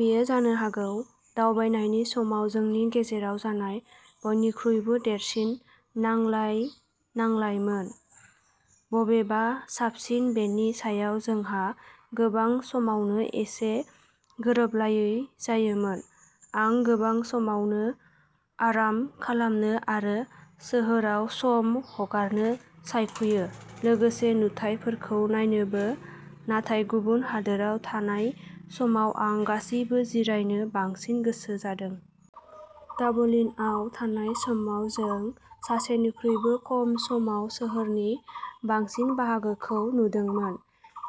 बेयो जानो हागौ दावबायनायनि समाव जोंनि गेजेराव जानाय बयनिख्रुइबो देरसिन नांलाय-नांलायमोन। बबेआ साबसिन बेनि सायाव जोंहा गोबां समावनो एसे गोरोबलायै जायोमोन। आं गोबां समावनो आराम खालामनो आरो सोहोराव सम हगारनो सायख'यो लोगोसे नुथायफोरखौ नायनोबो, नाथाय गुबुन हादोराव थानाय समाव आं गासैबो जिरायनो बांसिन गोसो जादों। डाबलिनआव थानाय समाव, जों सानसेनिख्रुइबो खम समाव सोहोरनि बांसिन बाहागोखौ नुदोंमोन,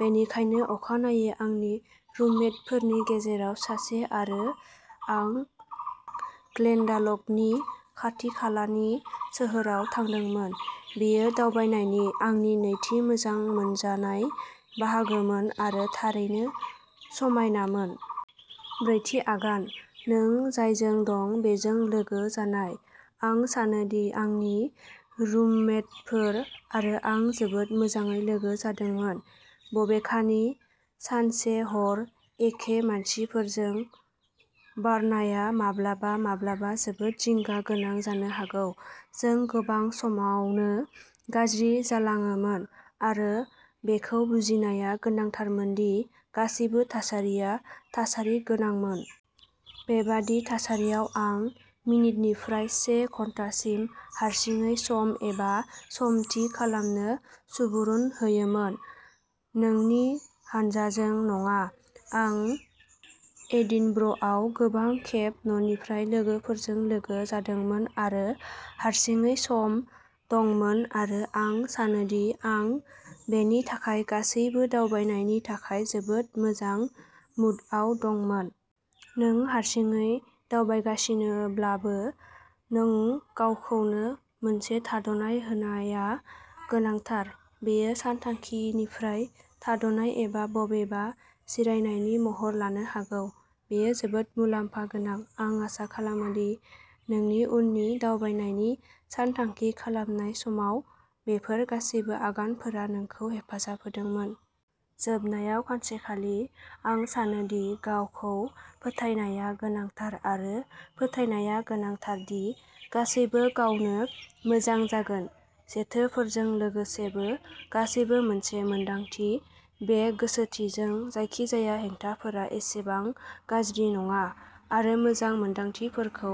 बेनिखायनो अखानायै आंनि रुममेटफोरनि गेजेराव सासे आरो आं ग्लेनडाल'गनि खाथिखालानि सोहोराव थांदोंमोन। बेयो दावबायनायनि आंनि नैथि मोजां मोनजानाय बाहागोमोन आरो थारैनो समायनामोन। ब्रैथि आगानः नों जायजों दं बेजों लोगो जानाय। आं सानो दि आंनि रुममेटफोर आरो आं जोबोद मोजाङै लोगो जादोंमोन, बबेखानि, सानसे-हर एखे मानसिफोरजों बारनाया माब्लाबा-माब्लाबा जोबोद जिंगा गोनां जानो हागौ। जों गोबां समावनो गाज्रि जालाङोमोन आरो बेखौ बुजिनाया गोनांथारमोन दि गासिबो थासारिया थासारि गोनांमोन। बेबादि थासारियाव आं मिनिटनिफ्राय से घन्टासिम हारसिङै सम एबा सम थि खालामनो सुबुरुन होयोमोन, नोंनि हानजाजों नङा। आं एडिनब्र'आव गोबां खेब न'निफ्राय लोगोफोरजों लोगो जादोंमोन आरो हारसिङै सम दंमोन आरो आं सानोदि आं बेनि थाखाय गासैबो दावबायनायनि थाखाय जोबोद मोजां मुडआव दंमोन। नों हारसिङै दावबायगासिनोब्लाबो नोंगावखौनो मोनसे थाद'नाय होनाया गोनांथार। बेयो सानथांखिनिफ्राय थाद'नाय एबा बबेयावबा जिरायनायनि महर लानो हागौ, बेयो जोबोद मुलाम्फा गोनां। आं आसा खालामो दि नोंनि उननि दावबायनायनि सानथांखि खालामनाय समाव बेफोर गासैबो आगानफोरा नोंखौ हेफाजाब होदोंमोन। जोबनायाव सानसेखालि, आं सानो दि गावखौ फोथायनाया गोनांथार आरो फोथायनाया गोनांथार दि गासैबो गावनो मोजां जागोन। जेथोफोरजों लोगोसेबो, गासैबो मोनसे मोन्दांथि, बे गोसोथिजों, जायखिजाया हेंथाफोरा एसेबां गाज्रि नङा आरो मोजां मोन्दांथिफोरखौ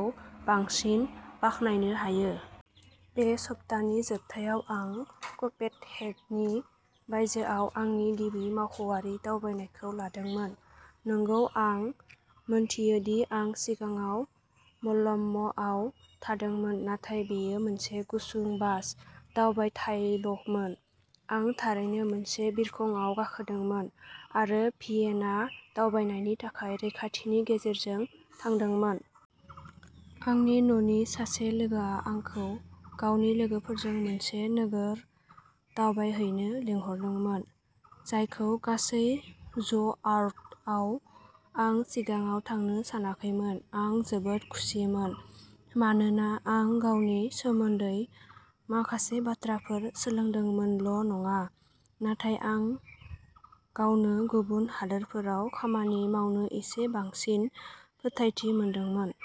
बांसिन बाख्नायनो हायो। बे सप्तानि जोबनायाव आं क'पेनहेगननि बायजोआव आंनि गिबि मावख'आरि दावबायनायखौ लादोंमोन। नंगौ, आं मिथियो दि आं सिगाङाव माल्म'आव थांदोंमोन, नाथाय बेयो मोनसे गुसुं बास दावबायथायल'मोन। आं थारैनो मोनसे बिरखंआव गाखोदोंमोन आरो भियेना दावबायनायनि थाखाय रैखाथिनि गेजेरजों थांदोंमोन। आंनि न'नि सासे लोगोआ आंखौ गावनि लोगोफोरजों मोनसे नोगोर दावबायहैनो लिंहरदोंमोन, जायखौ गासै ज'आर्टआव आं सिगाङाव थांनो सानाखैमोन। आं जोबोद खुसिमोन, मानोना आं गावनि सोमोन्दै माखासे बाथ्राफोर सोलोंदोंमोनल'नङा, नाथाय आं गावनो गुबुन हादोरफोराव खामानि मावनो एसे बांसिन फोथायथि मोनदोंमोन।